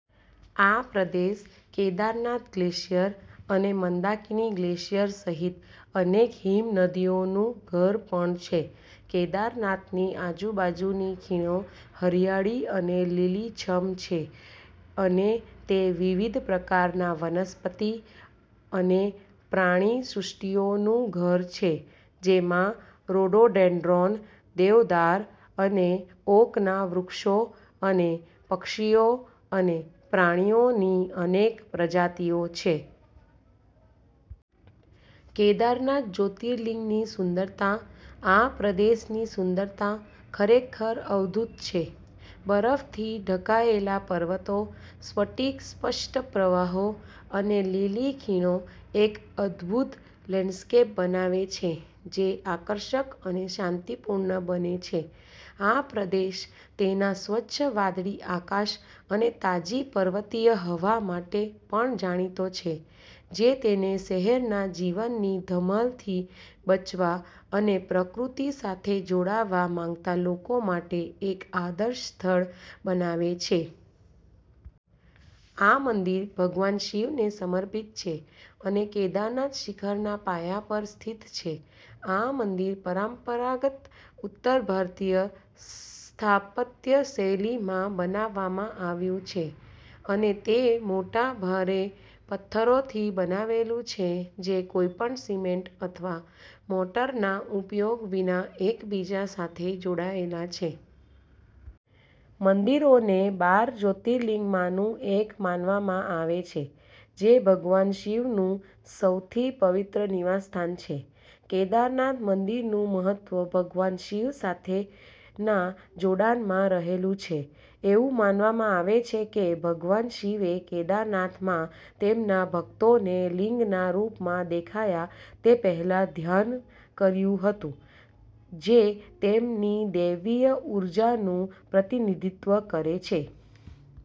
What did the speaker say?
આ પ્રદેશ કેદારનાથ ગ્લેશિયર અને મંદાકિની ગ્લેશિયર સહિત અનેક હિમનદીઓનું ઘર પણ છે. કેદારનાથની આજુબાજુની ખીણો હરિયાળી અને લીલીછમ છે અને તે વિવિધ પ્રકારના વનસ્પતિ અને પ્રાણીસૃષ્ટિનું ઘર છે, જેમાં રોડોડેન્ડ્રોન, દેવદાર અને ઓકના વૃક્ષો અને પક્ષીઓ અને પ્રાણીઓની અનેક પ્રજાતિઓ છે. કેદારનાથ જ્યોતિર્લિંગની સુંદરતા આ પ્રદેશની સુંદરતા ખરેખર અદ્ભુત છે. બરફથી ઢંકાયેલા પર્વતો, સ્ફટિક-સ્પષ્ટ પ્રવાહો અને લીલી ખીણો એક અદભૂત લેન્ડસ્કેપ બનાવે છે જે આકર્ષક અને શાંતિપૂર્ણ બંને છે. આ પ્રદેશ તેના સ્વચ્છ વાદળી આકાશ અને તાજી પર્વતીય હવા માટે પણ જાણીતો છે, જે તેને શહેરના જીવનની ધમાલથી બચવા અને પ્રકૃતિ સાથે જોડાવા માંગતા લોકો માટે એક આદર્શ સ્થળ બનાવે છે. આ મંદિર ભગવાન શિવને સમર્પિત છે અને કેદારનાથ શિખરના પાયા પર સ્થિત છે. આ મંદિર પરંપરાગત ઉત્તર ભારતીય સ્થાપત્ય શૈલીમાં બાંધવામાં આવ્યું છે, અને તે મોટા, ભારે પથ્થરોથી બનેલું છે જે કોઈપણ સિમેન્ટ અથવા મોર્ટારના ઉપયોગ વિના એકબીજા સાથે જોડાયેલા છે. મંદિરને બાર જ્યોતિર્લિંગોમાંનું એક માનવામાં આવે છે, જે ભગવાન શિવનું સૌથી પવિત્ર નિવાસસ્થાન છે. કેદારનાથ મંદિરનું મહત્વ ભગવાન શિવ સાથેના જોડાણમાં રહેલું છે. એવું માનવામાં આવે છે કે ભગવાન શિવે કેદારનાથમાં તેમના ભક્તોને લિંગના રૂપમાં દેખાયા તે પહેલાં ધ્યાન કર્યું હતું, જે તેમની દૈવી ઊર્જાનું પ્રતિનિધિત્વ કરે છે.